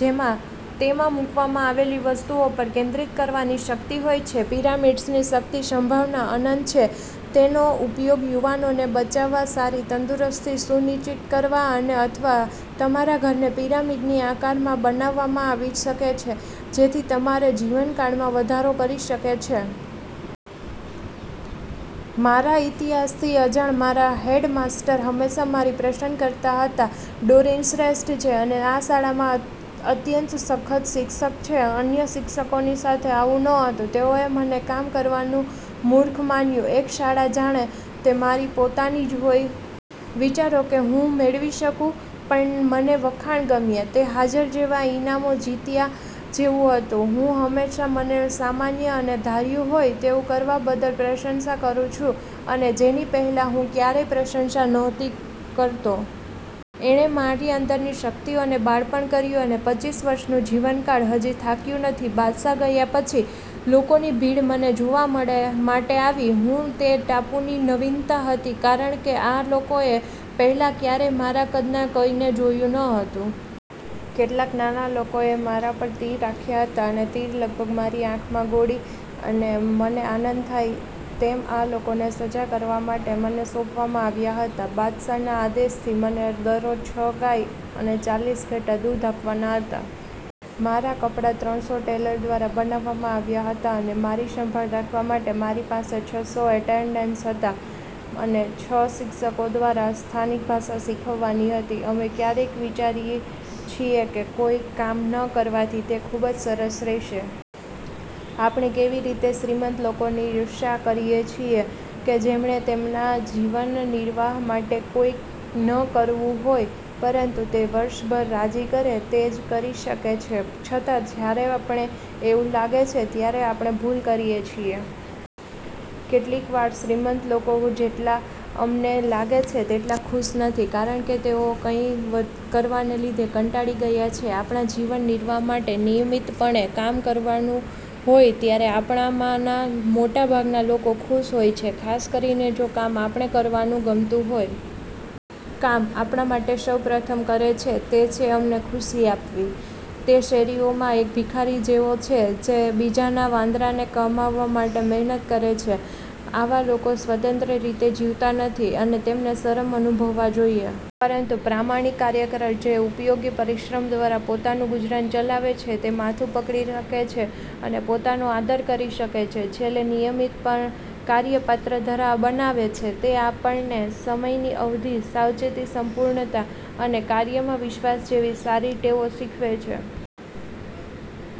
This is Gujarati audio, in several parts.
જેમાં તેમાં મૂકવામાં આવેલી વસ્તુઓ પર કેન્દ્રિત કરવાની શક્તિ હોય છે. પિરામિડ્સની શક્તિની સંભાવના અનંત છે. તેનો ઉપયોગ યુવાનોને બચાવવા, સારી તંદુરસ્તી સુનિશ્ચિત કરવા અથવા તમારા ઘરને પિરામિડની આકારમાં બનાવી શકે છે અને તેથી તમારા જીવનકાળમાં વધારો કરી શકે છે. મારા ઇતિહાસથી અજાણ મારા હેડમાસ્ટર, હંમેશાં મારી પ્રશંસા કરતા કહેતા, ડોરિન શ્રેષ્ઠ છે અને આ શાળામાં અત્યંત સખત શિક્ષક છે. અન્ય શિક્ષકોની સાથે આવું નહોતું. તેઓએ મને કામ કરવાનું મૂર્ખ માન્યું. એક શાળા જાણે તે મારી પોતાની જ હોય! વિચારો કે હું મેળવી શકું? પણ મને વખાણ ગમ્યા. તે હાજર જેવા, ઇનામો જીત્યા જેવું હતું. હું હંમેશાં મને સામાન્ય અને ધાર્યું હોય તેવું કરવા બદલ પ્રશંસા કરું છું, અને જેની પહેલાં હું ક્યારેય પ્રશંસા નહોતી કરતો. એણે મારી અંદરની શક્તિઓને બળતણ કર્યું કે પચીસ વર્ષનું જીવનકાળ હજી થાક્યું નથી. બાદશાહ ગયા પછી, લોકોની ભીડ મને જોવા માટે આવી. હું તે ટાપુની નવીનતા હતી કારણ કે આ લોકોએ પહેલાં ક્યારેય મારા કદના કોઈને જોયું ન હતું. કેટલાક નાના લોકોએ મારા પર તીર રાખ્યા હતા. એક તીર લગભગ મારી આંખ માં ગોળી. મને આનંદ થાય તેમ આ લોકોને સજા કરવા માટે મને સોંપવામાં આવ્યા હતા. બાદશાહના આદેશથી, મને દરરોજ છ ગાય અને ચાલીસ ઘેટાં દૂધ આપવાના હતા. મારા કપડાં ત્રણસો ટેલર દ્વારા બનાવવામાં આવ્યાં હતાં અને મારી સંભાળ રાખવા માટે મારી પાસે છસો એટેન્ડન્ટ્સ હતાં. મને છ શિક્ષકો દ્વારા સ્થાનિક ભાષા શીખવવાની હતી. અમે ક્યારેક વિચારીએ છીએ કે કોઈ કામ ન કરવાથી તે ખૂબ જ સરસ રહેશે. આપણે કેવી રીતે શ્રીમંત લોકોની ઇર્ષ્યા કરીએ છીએ કે જેમણે તેમના જીવનનિર્વાહ માટે કામ ન કરવું હોય પરંતુ તે વર્ષભર રાજી કરે તે જ કરી શકે છે. છતાં જ્યારે આપણને આવું લાગે છે ત્યારે આપણે ભૂલ કરીએ છીએ. કેટલીક વાર શ્રીમંત લોકો જેટલા અમને લાગે છે તેટલા ખુશ નથી, કારણ કે તેઓ કંઇ કરવાને લીધે કંટાળી ગયા છે. આપણા જીવનનિર્વાહ માટે નિયમિતપણે કામ કરવાનું હોય ત્યારે, આપણામાંના મોટાભાગના લોકો ખુશ હોય છે, ખાસ કરીને જો કામ આપણને કરવાનું ગમતું હોય. કામ આપણા માટે સૌ પ્રથમ કરે છે તે છે અમને ખુશીઓ આપવી. તે શેરીઓમાં એક ભિખારી જેવો છે જે બીજાના વાંદરાને કમાવવા માટે મહેનત કરે છે. આવા લોકો સ્વતંત્ર રીતે જીવતા નથી અને તેમને શરમ અનુભવવા જોઈએ. પરંતુ પ્રામાણિક કાર્યકર જે ઉપયોગી પરિશ્રમ દ્વારા પોતાનું ગુજરાન ચલાવે છે તે માથું પકડી શકે છે અને પોતાનો આદર કરી શકે છે. છેલ્લે નિયમિત કાર્ય પાત્ર બનાવે છે. તે આપણને સમયની અવધિ, સાવચેતી, સંપૂર્ણતા અને કાર્યમાં વિશ્વાસ જેવી સારી ટેવો શીખવે છે.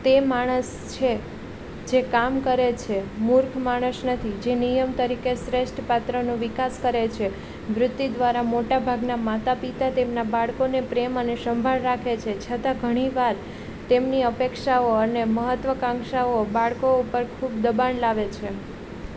તે માણસ છે જે કામ કરે છે, મૂર્ખ માણસ નથી, જે નિયમ તરીકે શ્રેષ્ઠ પાત્રનો વિકાસ કરે છે. વૃત્તિ દ્વારા, મોટાભાગના માતાપિતા તેમના બાળકોને પ્રેમ અને સંભાળ રાખે છે. છતાં, ઘણી વાર, તેમની અપેક્ષાઓ અને મહત્વાકાંક્ષાઓ બાળકો પર ખૂબ દબાણ લાવે છે.